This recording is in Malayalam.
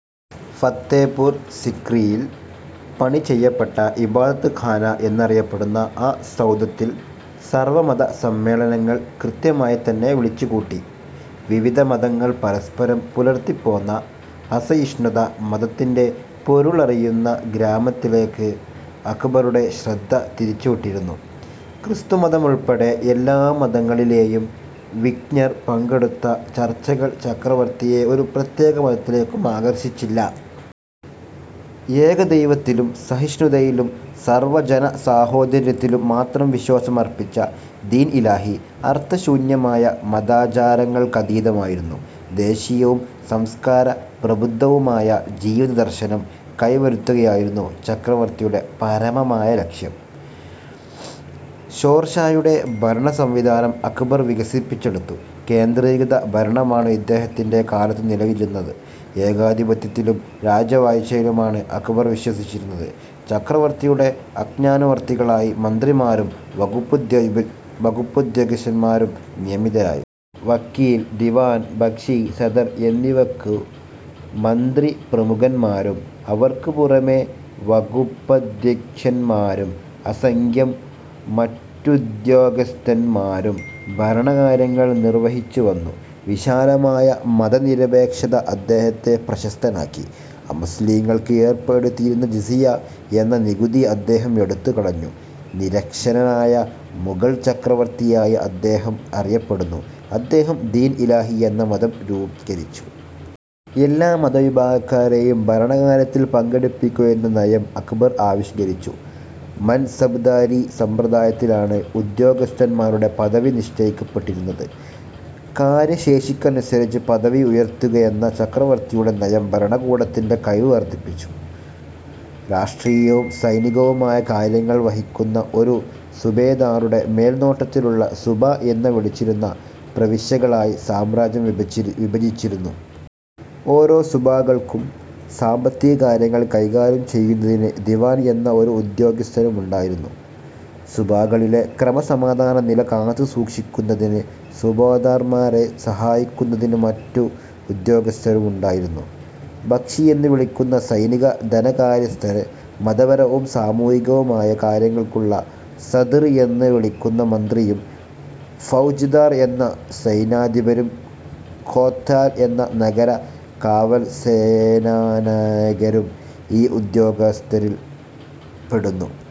ഫത്തേപ്പൂർ സിക്രിയിൽ പണി ചെയ്യപ്പെട്ട 'ഇബാദത്ത് ഖാന' എന്നറിയപ്പെടുന്ന ആ സൌധത്തിൽ സർവമത സമ്മേളനങ്ങൾ കൃത്യമായിത്തന്നെ വിളിച്ചുകൂട്ടി. വിവിധ മതങ്ങൾ പരസ്പരം പുലർത്തിപ്പോന്ന അസഹിഷ്ണുത 'മത'ത്തിന്റെ പൊരുളറിയുന്ന ശ്രമത്തിലേക്ക് അക്ബറുടെ ശ്രദ്ധ തിരിച്ചുവിട്ടിരുന്നു. ക്രിസ്തുമതമുൾപ്പെടെ എല്ലാ മതങ്ങളിലെയും വിജ്ഞർ പങ്കെടുത്ത ചർച്ചകൾ ചക്രവർത്തിയെ ഒരു പ്രത്യേക മതത്തിലേക്കും ആകർഷിച്ചില്ല. ഏകദൈവത്തിലും സഹിഷ്ണുതയിലും സർവജനസാഹോദര്യത്തിലും മാത്രം വിശ്വാസമർപ്പിച്ച 'ദീൻ ഇലാഹി' അർത്ഥശൂന്യമായ മതാചാരങ്ങൾക്കതീതമായിരുന്നു. ദേശീയവും സംസ്കാര പ്രബുദ്ധവുമായ ജീവിതദർശനം കൈവരുത്തുകയായിരുന്നു ചക്രവർത്തിയുടെ പരമമായ ലക്ഷ്യം. ഷേർഷായുടെ ഭരണസംവിധാനം അക്ബർ വികസിപ്പിച്ചെടുത്തു. കേന്ദ്രീകൃത ഭരണമാണു ഇദ്ദേഹത്തിന്റെ കാലത്തു നിലവിലിരുന്നത്. ഏകാധിപത്യത്തിലും രാജവാഴ്ചയിലുമാണ് അക്ബർ വിശ്വസിച്ചിരുന്നത്. ചക്രവർത്തിയുടെ ആജ്ഞാനുവർത്തികളായി മന്ത്രിമാരും വകുപ്പധ്യക്ഷന്മാരും നിയമിതരായി. 'വക്കീൽ', 'ദിവാൻ', 'ബക്ഷി', 'സദർ' എന്നിവയ്ക്കു മന്ത്രിപ്രമുഖന്മാരും അവർക്കു പുറമേ വകുപ്പധ്യക്ഷന്മാരും അസംഖ്യം മറ്റുദ്യോഗസ്ഥന്മാരും ഭരണകാര്യങ്ങൾ നിർവഹിച്ചുവന്നു. വിശാലമായ മതനിരപേക്ഷത അദ്ദേഹത്തെ പ്രശസ്തനാക്കി. അമുസ്ലിംകൾക്ക് ഏർപ്പെടുത്തിയിരുന്നു ജിസിയ എന്ന നികുതി അദ്ദേഹം എടുത്തുകളഞ്ഞു. നിരക്ഷരനായ മുഗൾ ചക്രവർത്തിയായി അദ്ദേഹം അറിയപ്പെടുന്നു. അദ്ദേഹം ദീൻ ഇലാഹി എന്ന മതം രൂപവത്കരിച്ചു. എല്ലാ മതവിഭാഗക്കാരെയും ഭരണകാര്യത്തിൽ പങ്കെടുപ്പിക്കുകയെന്ന നയം അക്ബർ ആവിഷ്കരിച്ചു. 'മൻസബ്ദാരി' സമ്പ്രദായത്തിലാണ് ഉദ്യോഗസ്ഥന്മാരുടെ പദവി നിശ്ചയിക്കപ്പെട്ടിരുന്നത്. കാര്യശേഷിക്കനുസരിച്ച് പദവി ഉയർത്തുകയെന്ന ചക്രവർത്തിയുടെ നയം ഭരണകൂടത്തിന്റെ കഴിവ് വർദ്ധിപ്പിച്ചു. രാഷ്ട്രീയവും സൈനികവുമായ കാര്യങ്ങൾ വഹിക്കുന്ന ഒരു സുബേദാറുടെ മേൽനോട്ടത്തിലുള്ള സുബാ എന്നു വിളിച്ചിരുന്ന പ്രവിശ്യകളായി സാമ്രാജ്യം വിഭജിച്ചിരുന്നു. ഓരോ സുബാകൾക്കും സാമ്പത്തികകാര്യങ്ങൾ കൈകാര്യം ചെയ്യുന്നതിന് ദിവാൻ എന്ന ഒരു ഉദ്യോഗസ്ഥനും ഉണ്ടായിരുന്നു. സുബാകളിലെ ക്രമസമാധാന നില കാത്തു സൂക്ഷിക്കുന്നതിന് സുബേദാർമാരെ സഹായിക്കുന്നതിന് മറ്റു ഉദ്യോഗസ്ഥരുമുണ്ടായിരുന്നു. ബക്ഷി എന്നു വിളിക്കുന്ന സൈനിക ധനകാര്യസ്ഥന് മതപരവും സാമൂഹികവുമായ കാര്യങ്ങൾക്കുള്ള സദ്ർ എന്നു വിളിക്കുന്ന മന്ത്രിയും ഫൗജ്ദാർ എന്ന സൈന്യാധിപരും കോത്വാൽ എന്ന നഗര കാവൽസേനാനായകരും ഈ ഉദ്യോഗസ്ഥരിൽ പെടുന്നു.